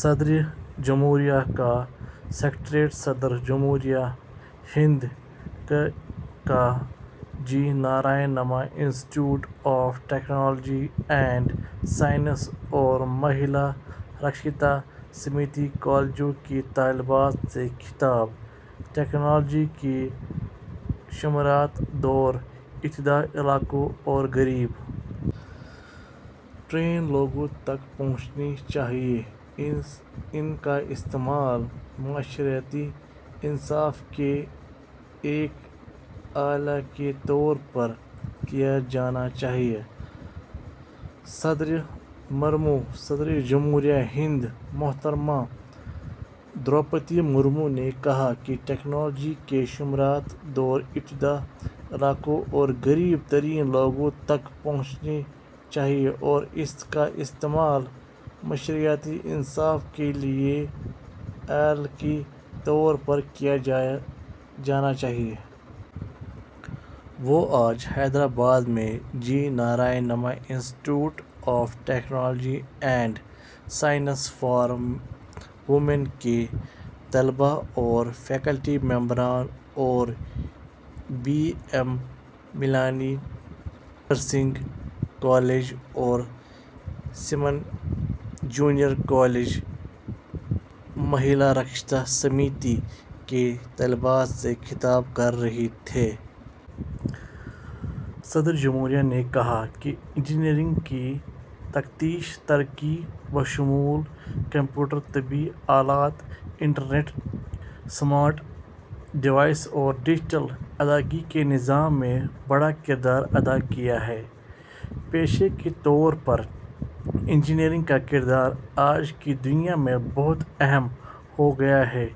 صدر جمہوریہ کا سکریٹریٹ صدر جمہوریہ ہند کا G Narayanamma institute of technology and science اور مہیلا دکشتا سمیتی کالجوں کی طالبات سے خطاب ٹیکنالوجی کے ثمرات دور افتادہ علاقوں اور غریب ترین لوگوں تک پہنچنے چاہئیں؛ ان کا استعمال معاشرتی انصاف کے ایک آلے کے طور پر کیا جانا چاہیے: صدر مرمو صدر جمہوریہ ہند محترمہ دروپدی مرمو نے کہا ہے کہ ٹیکنالوجی کے ثمرات دور افتادہ علاقوں اور غریب ترین لوگوں تک پہنچنے چاہئیں اور ان کا استعمال معاشرتی انصاف کے ایک آلے کے طور پر کیا جانا چاہیے۔ وہ آج حیدرآباد میں G Narayanamma institute of technology and science for women کے طلباء اور فیکلٹی ممبران اور B M Malani nursing college اور سمن جونیئر کالج مہیلا دکشتا سمیتی کی طالبات سے خطاب کر رہی تھیں۔ صدر جمہوریہ نے کہا کہ انجینئرنگ نے تکنیکی ترقی، بشمول کمپیوٹر، طبی آلات، انٹرنیٹ، اسمارٹ ڈیوائسز اور ڈیجیٹل ادائیگی کے نظام، میں بڑا کردار ادا کیا ہے۔ پیشے کے طور پر انجینئرنگ کا کردار آج کی دنیا میں بہت اہم ہو گیا ہے،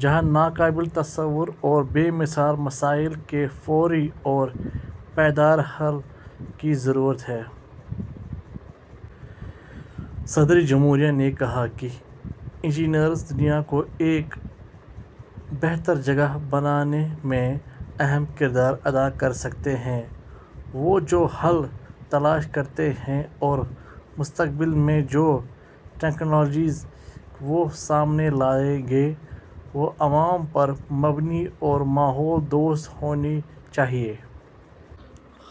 جہاں ناقابل تصور اور بے مثال مسائل کے فوری اور پائیدار حل کی ضرورت ہے۔ صدر جمہوریہ نے کہا کہ انجینئر دنیا کو ایک بہتر جگہ بنانے میں اہم کردار ادا کر سکتے ہیں۔ وہ جو حل تلاش کرتے ہیں اور مستقبل میں جو ٹیکنالوجیز وہ سامنے لائیں گے، وہ عوام پر مبنی اور ماحول دوست ہونی چاہئیں۔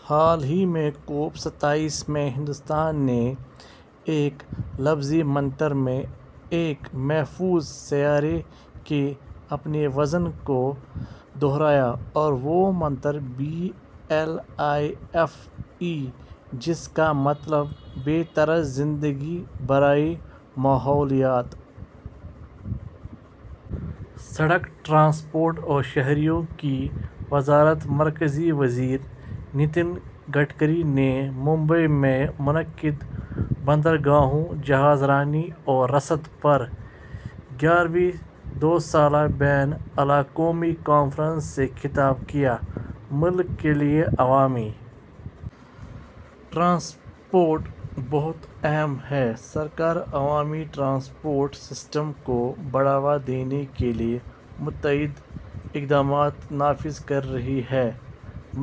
حال ہی میں کوپ ستائیس میں ہندوستان نے ایک لفظی منتر میں ایک محفوظ سیارے کے اپنے وژن کو دہرایا اور وہ منتر ہے ایل آئی ایف ای، جس کا مطلب ہے طرز زندگی برائے ماحولیات۔ سڑک ٹرانسپورٹ اور شاہراہوں کی وزارت مرکزی وزیر نتن گڈکری نے ممبئی میں منعقد بندرگاہوں، جہاز رانی اور رسد پر گیارہویں دو سالہ بین الاقوامی کانفرنس سے خطاب کیا۔ ملک کے لیے عوامی ٹرانسپورٹ بہت اہم ہے؛ سرکار عوامی ٹرانسپورٹ سسٹم کو بڑھاوا دینے کے لیے متعدد اقدامات نافذ کر رہی ہے: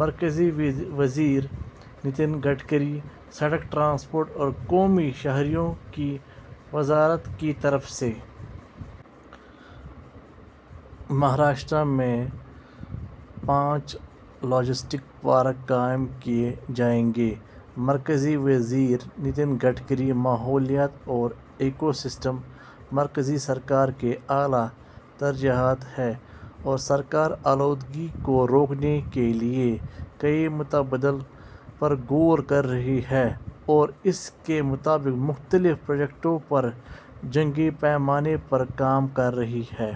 مرکزی وزیر نتن گڈکری سڑک ٹرانسپورٹ اور قومی شاہراہوں کی وزارت کی طرف سے مہاراشٹر میں پانچ لاجسٹکس پارک قائم کیے جائیں گے: مرکزی وزیر نتن گڈکری "ماحولیات اور ایکو سسٹم مرکزی سرکار کی اعلیٰ ترجیحات ہیں اور سرکار آلودگی کو روکنے کے لیے کئی متبادل پر غور کر رہی ہے اور اس کے مطابق مختلف پروجیکٹوں پر جنگی پیمانے پر کام کر رہی ہے۔"